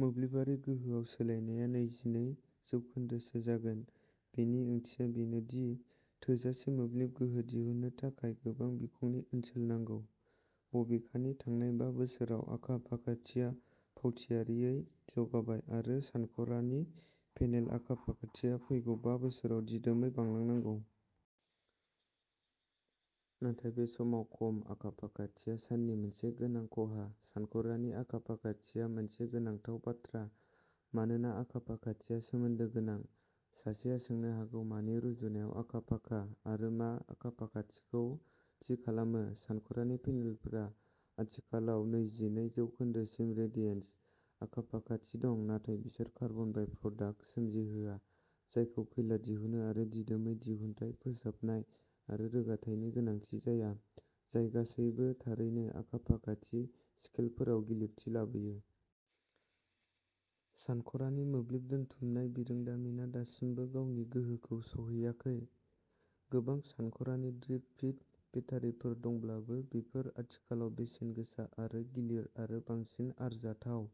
मोब्लिबारि गोहोआव सोलायनाया नैजि नै जौखोन्दो सो जागोन। बेनि ओंथिया बेनो दि थोजासे मोब्लिब गोहो दिहुननो थाखाय गोबां बिखंनि ओनसोल नांगौ। बबेखानि थांनाय बा बोसोराव आखा-फाखाथिया फावथायारियै जौगाबाय आरो सानखरानि पेनेल आखा-फाखाथिया फैगौ बा बोसोराव दिदोमै बांलांनांगौ। नाथाय बे समाव खम आखा-फाखाथिया साननि मोनसे गोनां खहा। सानखरानि आखा-फाखाथिया मोनसे गोनांथाव बाथ्रा। मानोना आखा-फाखाथिया सोमोन्दो गोनां। सासेया सोंनो हागौ मानि रुजुनायाव आखा-फाखा? आरो मा आखा-फाखाथिखौ थि खालामो? सानखरानि पेनेलफोरा आथिखालाव नैजि नै जौखोन्दो सिम रेडिएसन आखा-फाखाथि दं नाथाय बिसोर कार्बन बाइ प्रडाक्ट सोमजिहोआ जायखौ खैला दिहुनो आरो दिदोमै दिहुनथाय फोसाबनाय आरो रोगाथायनि गोनांथि जाया जाय गासैबो थारैनो आखा-फाखाथि स्केलफोराव गिलिरथि लाबोयो। सानखरानि मोब्लिब दोनथुमनाय बिरोंदामिनआ दासिमबो गावनि गोहोखौ सौहैयाखै। गोबां सानखरानि ड्रिप फीड बेटारिफोर दंब्लाबो बेफोर आथिखालाव बेसेन गोसा आरो गिलिर आरो बांसिन आरजाथाव।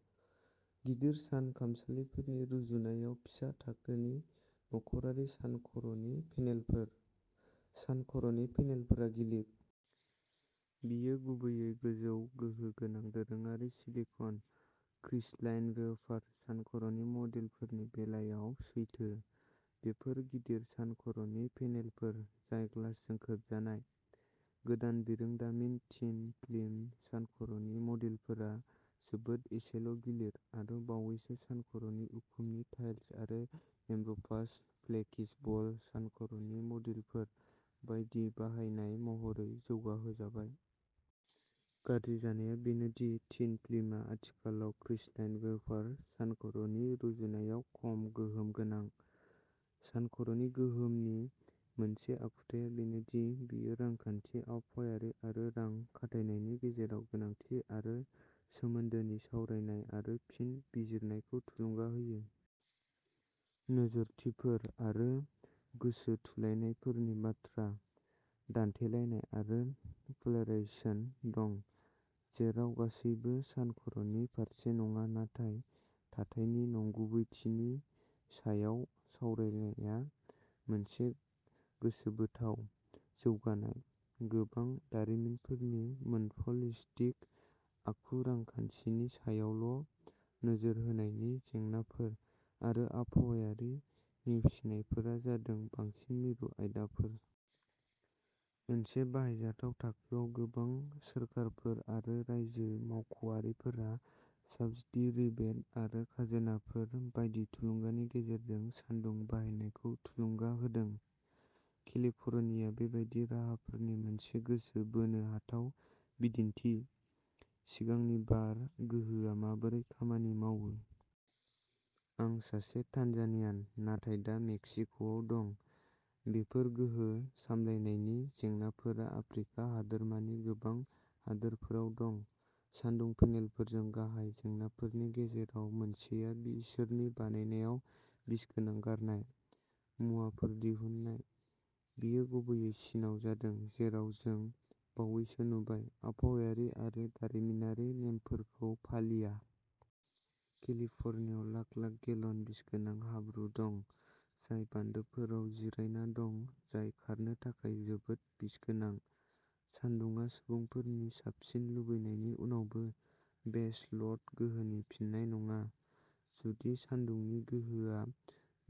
गिदिर सान खामसालिफोरनि रुजुनायाव फिसा थाखोनि न'खरारि सानखर'नि पेनेलफोर। सानखर'नि पेनेलफोरा गिलिर। बेयो गुबैयै गोजौ गोहो गोनां दोरोङारि सिलिकन क्रिस्टलाइन वेफार सानखर'नि मडिउलफोरनि बेलायाव सैथो। बेफोर गिदिर सानखर'नि पेनेलफोर जाय ग्लासजों खोबजानाय। गोदान बिरोंदामिन थिन फिल्म सानखर'नि मडिउलफोरा जोबोद एसेल' गिलिर आरो बावैसो सानखर'नि उखुमनि टाइल्स आरो एम'रफास फ्लेक्सिबल सानखर'नि मडिउलफोर बायदि बाहायनाय महरै जौगाहोजाबाय। गाज्रि जानायआ बेनो दि थिन फिल्मआ आथिखालाव क्रिस्टलाइन वेफार सानखर'नि रुजुनायाव खम गोहोम गोनां। सानखर'नि गोहोनि मोनसे आखुथाया बेनो दि बेयो रांखान्थि आबहावायारि आरो रां खाथायनायनि गेजेराव गोनांथि आरो सोमोन्दोनि सावरायनाय आरो फिन बिजिरनायखौ थुलुंगा होयो। नोजोरथिफोर आरो गोसोथुलायनायफोरनि बाथ्रा दान्थेलायनाय आरो पोलाराइजेसन दं। जेराव गासैबो सानखर'नि फारसे नङा नाथाय थाथायनि नंगुबैथिनि सायाव सावरायनायआ मोनसे गोसोबोथाव जौगानाय। गोबां दारिमिनफोरनि मोनप'लिष्टिक आखु रांखान्थिनि सायावल' नोजोर होनायनि जेंनाफोर आरो आबहावायारि नेवसिनायफोरा जादों बांसिन मिरु आयदाफोर। मोनसे बाहायजाथाव थाखोआव गोबां सोरखारफोर आरो रायजो मावख'आरिफोरा साब्सिडी रिबेट आरो खाजोनाफोर बायदि थुलुंगानि गेजेरजों सानदुं बाहायनायखौ थुलुंगा होदों। केलिफ'रनिया बेबादि राहाफोरनि मोनसे गोसो बोनो हाथाव बिदिन्थि। सिगांनि बार गोहोआ माबोरै खामानि मावो? आं सासे तानजानियान नाथाय दा मेक्सिक'आव दं। बेफोर गोहो सामलायनायनि जेंनाफोरा आफ्रिका हादोरमानि गोबां हादोरफोराव दं। सानदुं पेनेलफोरजों गाहाय जेंनाफोरनि गेजेराव मोनसेआ बिसोरनि बानायनायाव बिसगोनां गारनाय मुवाफोर दिहुन्नाय। बेयो गुबैयै चीनआव जादों जेराव जों बावैसो नुबाय आबहावायारि आरो दारिमिनारि नेमफोरखौ फालिया। केलिफ'रनियायाव लाख-लाख गेलन बिसगोनां हाब्रु दं जाय बान्दोफोराव जिरायना दं जाय खारनो थाखाय जोबोद बिसगोनां। सानदुंआ सुबुंफोरनि साबसिन लुबैनायनि उनावबो बेस ल'ड गोहोनि फिननाय नङा। जुदि सानदुंनि गोहोआ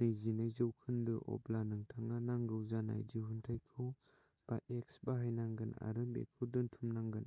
नैजि नै जौखोन्दो अब्ला नोंथाङा नांगौ जानाय दिहुनथाइखौ बा एक्स बानायनांगोन आरो बैखौ दोनथुमनांगोन।